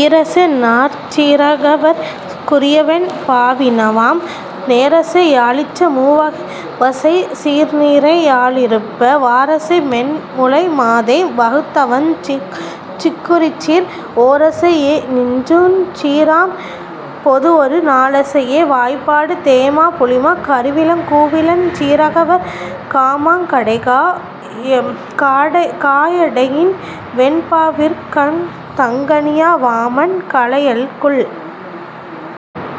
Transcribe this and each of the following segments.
ஈரசை நாற்சீ ரகவற் குரியவெண் பாவினவாம் நேரசை யாலிற்ற மூவசைச் சீர்நிரை யாலிறுப வாரசை மென்முலை மாதே வகுத்தவஞ் சிக்குரிச்சீர் ஓரசை யேநின்றுஞ் சீராம் பொதுவொரு நாலசையே வாய்பாடு தேமா புளிமா கருவிளங் கூவிளஞ் சீரகவற் காமாங் கடைகா யடையின்வெண் பாவிற்கந் தங்கனியா வாமாண் கலையல்குல்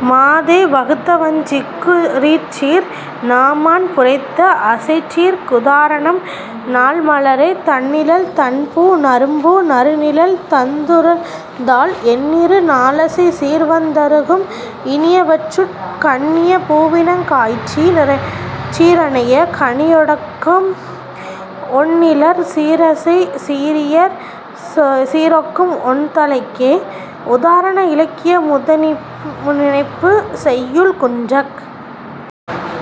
மாதே வகுத்தவஞ் சிக்குரிச்சீர் நாமாண் புரைத்த அசைச்சீர்க் குதாரணம் நாள்மலரே தண்ணிழல் தண்பூ நறும்பூ நறுநிழல் தந்துறழ்ந்தால் எண்ணிரு நாலசைச் சீர்வந் தருகும் இனியவற்றுட் கண்ணிய பூவினங் காய்ச்சீ ரனைய கனியடொக்கும் ஒண்ணிழற் சீரசைச் சீரியற் சீரொக்கும் ஒண்தளைக்கே உதாரண இலக்கிய முதனினைப்புச் செய்யுள் குன்றக்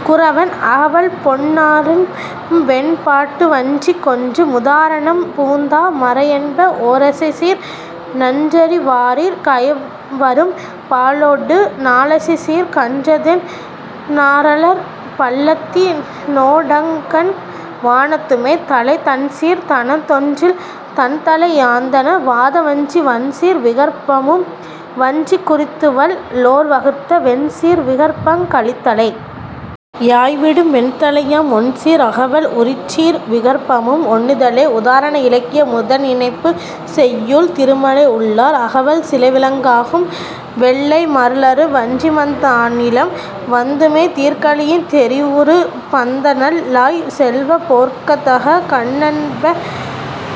குறவன் அகவல்பொன் னாரம்வெண் பாட்டுவஞ்சிக் கொன்று முதாரணம் பூந்தா மரையென்ப ஓரசைச்சீர் நன்றறி வாரிற் கயவரும் பாலொடு நாலசைச்சீர்க் கன்றதென் னாரள்ளற் பள்ளத்தி னோடங்கண் வானத்துமே தளை தண்சீர் தனதொன்றில் தன்தளை யாந்தண வாதவஞ்சி வண்சீர் விகற்பமும் வஞ்சிக் குரித்துவல் லோர்வகுத்த வெண்சீர் விகற்பங் கலித்தளை யாய்விடும் வெண்தளையாம் ஒண்சீர் அகவல் உரிச்சீர் விகற்பமும் ஒண்ணுதலே உதாரண இலக்கிய முதனினைப்புச் செய்யுள் திருமழை உள்ளார் அகவல் சிலைவிலங் காகும்வெள்ளை மருளறு வஞ்சிமந் தாநிலம் வந்துமை தீர்கலியின் தெரிவுறு பந்தநல் லாய்செல்வப் போர்க்கதக் கண்ணனென்ப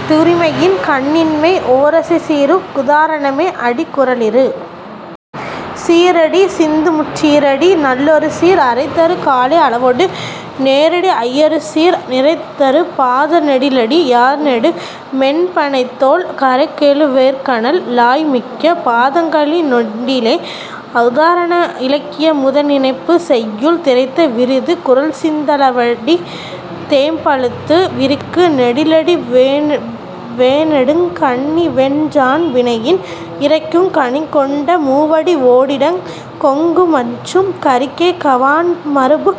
துரிமையின் கண்ணின்மை ஓரசைச் சீருக் குதாரணமே அடி குறளிரு சீரடி சிந்துமுச் சீரடி நாலொருசீர் அறைதரு காலை அளவொடு நேரடி ஐயருசீர் நிறைதரு பாத நெடிலடி யாநெடு மென்பணைத்தோள் கறைகெழு வேற்கணல் லாய்மிக்க பாதங் கழிநெடிலே உதாரண இலக்கிய முதனினைப்புச் செய்யுள் திரைத்த விருது குறள்சிந் தளவடி தேம்பழுத்து விரிக்கு நெடிலடி வேனெடுங் கண்ணிவென் றான்வினையின் இரைக்குங் கணிகொண்ட மூவடி வோடிடங் கொங்குமற்றும் கரிக்கைக் கவான்மருப்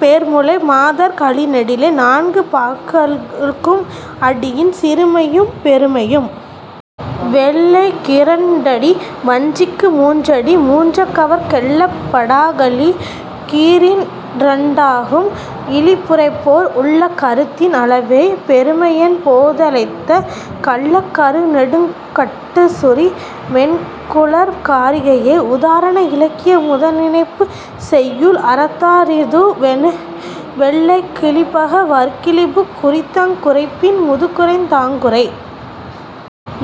பேர்முலை மாதர் கழிநெடிலே நான்கு பாக்களுக்கும் அடியின் சிறுமையும் பெருமையும். வெள்ளைக் கிரண்டடி வஞ்சிக்கு மூன்றடி மூன்றகவற் கெள்ளப் படாகலிக் கீரிரண் டாகும் இழிபுரைப்போர் உள்ளக் கருத்தின் அளவே பெருமையண் போதலைத்த கள்ளக் கருநெடுங் கட்சுரி மென்குழற் காரிகையே உதாரண இலக்கிய முதனினைப்புச் செய்யுள் அறத்தா றிதுவென வெள்ளைக் கிழிபக வற்கிழிபு குறித்தங் குரைப்பின் முதுகுறைந் தாங்குறை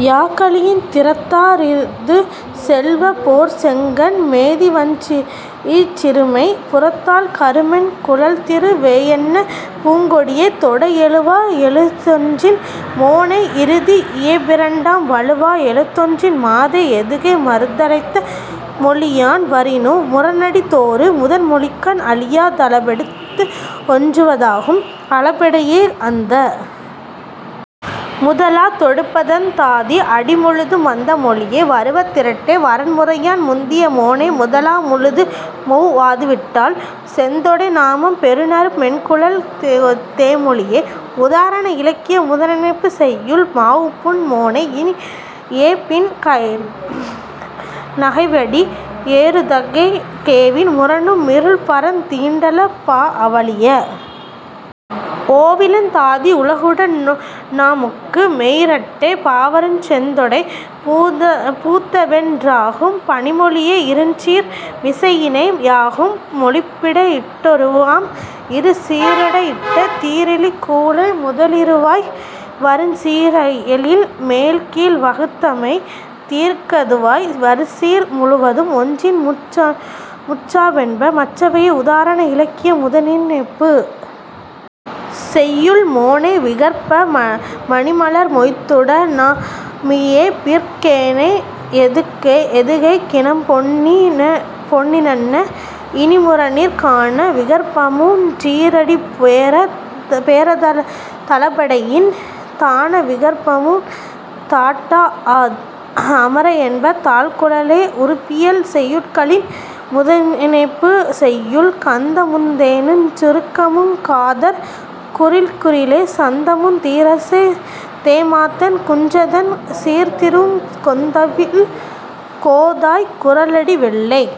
யாக்கலியின் திறத்தா றிதுசெல்வப் போர்ச்செங்கண் மேதிவஞ் சிச்சிறுமை புறத்தாழ் கருமென் குழல்திரு வேயன்ன பூங்கொடியே தொடை எழுவா யெழுத்தொன்றின் மோனை இறுதி இயைபிரண்டாம் வழுவா எழுத்தொன்றின் மாதே எதுகை மறுதலைத்த மொழியான் வரினு முரணடி தோறு முதன்மொழிக்கண் அழியா தளபெடுத் தொன்றுவ தாகும் அளபெடையே அந்த முதலாத் தொடுப்பதந் தாதி அடிமுழுதும் வந்த மொழியே வருவ திரட்டை வரன்முறையான் முந்திய மோனை முதலா முழுதுமொவ் வாதுவிட்டால் செந்தொடை நாமம் பெறுநறு மென்குழல் தேமொழியே உதாரண இலக்கிய முதனினைப்புச் செய்யுள் மாவும்புண் மோனை யியைபின் னகைவடி யேரெதுகைக் கேவின் முரணு மிருள்பரந் தீண்டள பாஅவளிய ஓவிலந் தாதி உலகுட னாமொக்கு மேயிரட்டை பாவருஞ் செந்தொடை பூத்தவென் றாகும் பணிமொழியே இருசீர் மிசையிணை யாகும் பொழிப்பிடை யிட்டொருவாம் இருசீ ரிடையிட்ட தீறிலி கூழை முதலிறுவாய் வருசீ ரயலில் மேல்கீழ் வகுத்தமை தீர்கதுவாய் வருசீர் முழுவதும் ஒன்றின்முற் றாமென்ப மற்றவையே உதாரண இலக்கிய முதனினைப்புச் செய்யுள் மோனை விகற்ப மணிமலர் மொய்த்துட னாமியைபிற் கேனை யெதுகைக் கினம்பொன்னி னன்ன இனிமுரனிற் கான விகற்பமுஞ் சீறடிப்பேர தளபெடையின் தான விகற்பமுந் தாட்டாஅ மரையென்ப தாழ்குழலே உறுப்பியல் செய்யுட்களின் முதனினைப்புச் செய்யுள் கந்தமுந் தேனுஞ் சுருக்கமுங் காதற் குறில்குறிலே சந்தமுந் தீரசை தேமாத்தண் குன்றந்தண் சீர்திருவுங் கொந்தவிழ் கோதாய் குறளடி வெள்ளைக்